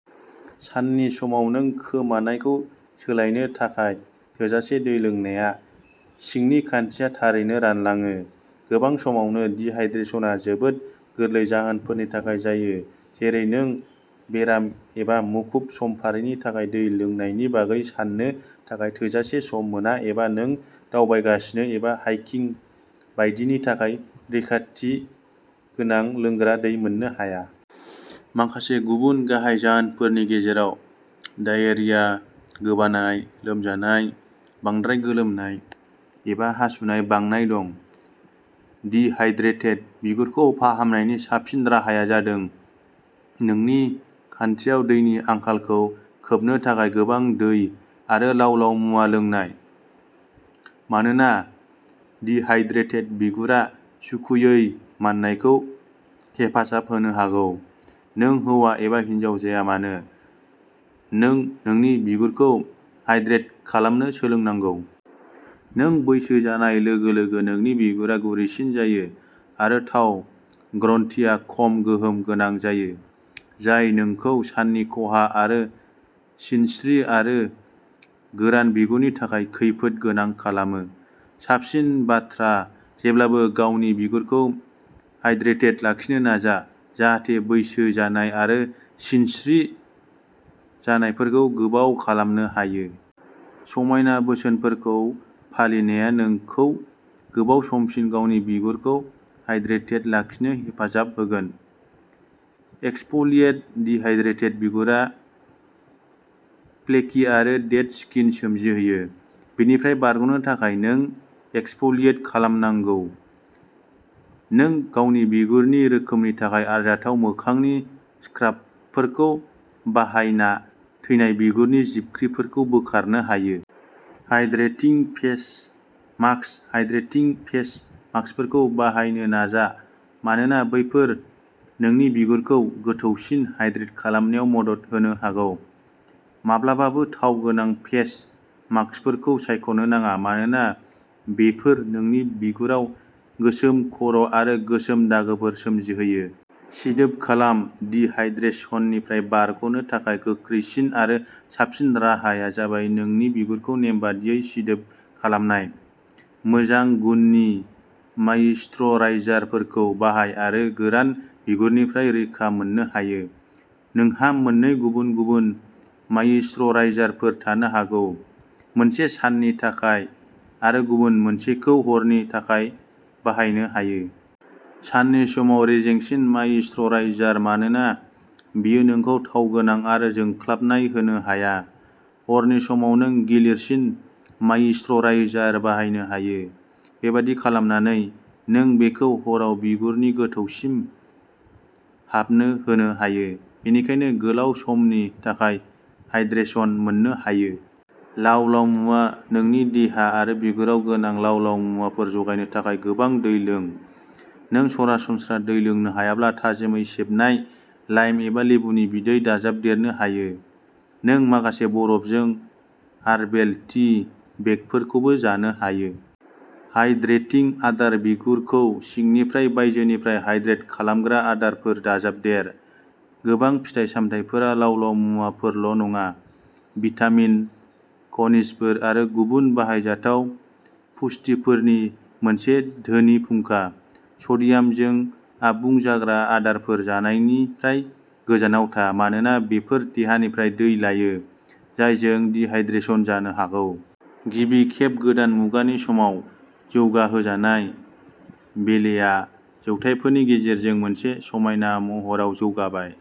साननि समाव नों खोमानायखौ सोलायनो थाखाय थोजासे दै लोंनाया। सिंनि खान्थिया थारैनो रानलाङो। गोबां समावनो डिहाइड्रेशनआ जोबोद गोरलै जाहोनफोरनि थाखाय जायो जेरै नों बेराम एबा मुखुब समफारिनि थाखाय दै लोंनायनि बागै साननो थाखाय थोजासे सम मोना एबा नों दावबायगासिनो एबा हाइकिं बायदिनि थाखाय रैखाथि गोनां लोंग्रा दै मोननो हाया। माखासे गुबुन गाहाय जाहोनफोरनि गेजेराव डायेरिया, गोबानाय, लोमजानाय, बांद्राय गोलोमनाय एबा हासुनाय बांनाय दं। डिहाइड्रेटेड बिगुरखौ फाहामनायनि साबसिन राहाया जादों नोंनि खान्थियाव दैनि आंखालखौ खोबनो थाखाय गोबां दै आरो लाव-लाव मुवा लोंनाय। मानोना डिहाइड्रेटेड बिगुरा सुखुयै माननायखौ हेफाजाब होनो हागौ, नों हौवा एबा हिनजाव जाया मानो नों नोंनि बिगुरखौ हाइड्रेट खालामनो सोलोंनांगौ। नों बैसो जानाय लोगो-लोगो नोंनि बिगुरा गुरैसिन जायो आरो थाव ग्रन्थिआ खम गोहोम गोनां जायो, जाय नोंखौ साननि खहा आरो सिनस्रि आरो गोरान बिगुरनि थाखाय खैफोद गोनां खालामो। साबसिन बाथ्रा जेब्लाबो गावनि बिगुरखौ हाइड्रेटेड लाखिनो नाजा, जाहाथे बैसो जानाय आरो सिनस्रि जानायफोरखौ गोबाव खालामनो हायो। समायना बोसोनफोरखौ फालिनाया नोंखौ गोबाव समसिम गावनि बिगुरखौ हाइड्रेटेड लाखिनो हेफाजाब होगोन। एक्सफलिएट डिहाइड्रेटेड बिगुरा फ्लेकि आरो डेड स्किन सोमजिहोयो। बेनिफ्राय बारग'नो थाखाय, नों एक्सफलिएट खालामनांगौ। नों गावनि बिगुरनि रोखोमनि थाखाय आरजाथाव मोखांनि स्क्राबफोरखौ बाहायना थैनाय बिगुरनि जिबख्रिफोरखौ बोखारनो हायो। Hydrating face mask hydrating face मास्कफोरखौ बाहायनो नाजा मानोना बेफोर नोंनि बिगुरखौ गोथौसिम हाइड्रेट खालामनायाव मदद होनो हागौ। माब्लाबाबो थाव गोनां फेस मास्कफोरखौ सायख'नो नाङा मानोना बेफोर नोंनि बिगुराव गोसोम खर'आरो गोसोम दागोफोर सोमजिहोयो। सिदोब खालाम डिहाइड्रेशननिफ्राय बारग'नो थाखाय गोख्रैसिन आरो साबसिन राहाया जाबाय नोंनि बिगुरखौ नेमबादियै सिदोब खालामनाय। मोजां गुननि मायिश्चराइजारफोरखौ बाहाय आरो गोरान बिगुरनिफ्राय रैखा मोननो हायो। नोंहा मोननै गुबुन-गुबुन मायिश्चराइजारफोर थानो हागौ, मोनसे साननि थाखाय आरो गुबुन मोनसेखौ हरनि थाखाय बाहायनो हायो। साननि समाव रेजेंसिन मायिश्चराइजार, मानोना बेयो नोंखौ थाव गोनां आरो जोंख्लाबनाय होनो हाया। हरनि समाव, नों गिलिरसिन मायिश्चराइजार बाहायनो हायो। बेबादि खालामनानै, नों बेखौ हराव बिगुरनि गोथौसिम हाबनो होनो हायो, बेनिखायनो गोलाव समनि थाखाय हाइड्रेशन मोननो हायो। लाव-लाव मुवा नोंनि देहा आरो बिगुराव गोनां लाव-लाव मुवाफोर जगायनो थाखाय गोबां दै लों। नों सरासनस्रा दै लोंनो हायाब्ला थाजिमै सेबनाय लाइम एबा लेबुनि बिदै दाजाबदेरनो हायो। नों माखासे बरफजों हार्बेल टी बेगफोरखौबो जानो हायो। हाइड्रेटिं आदार बिगुरखौ सिंनिफ्राय बायजोनिफ्राय हाइड्रेट खालामग्रा आदारफोर दाजाबदेर। गोबां फिथाइ सामथाइफोरा लाव-लाव मुवाफोरल' नङा, भिटामिन, खनिजफोर आरो गुबुन बाहायजाथाव पुष्टिफोरनि मोनसे धोनि फुंखा। सडियामजों आबुं जाग्रा आदारफोर जानायनिफ्राय गोजानाव था, मानोना बेफोर देहानिफ्राय दै लायो, जायजों डिहाइड्रेशन जानो हागौ। गिबि खेब गोदान मुगानि समाव जौगाहोजानाय, बेलेआ जौथायफोरनि गेजेरजों मोनसे समायना महराव जौगाबाय।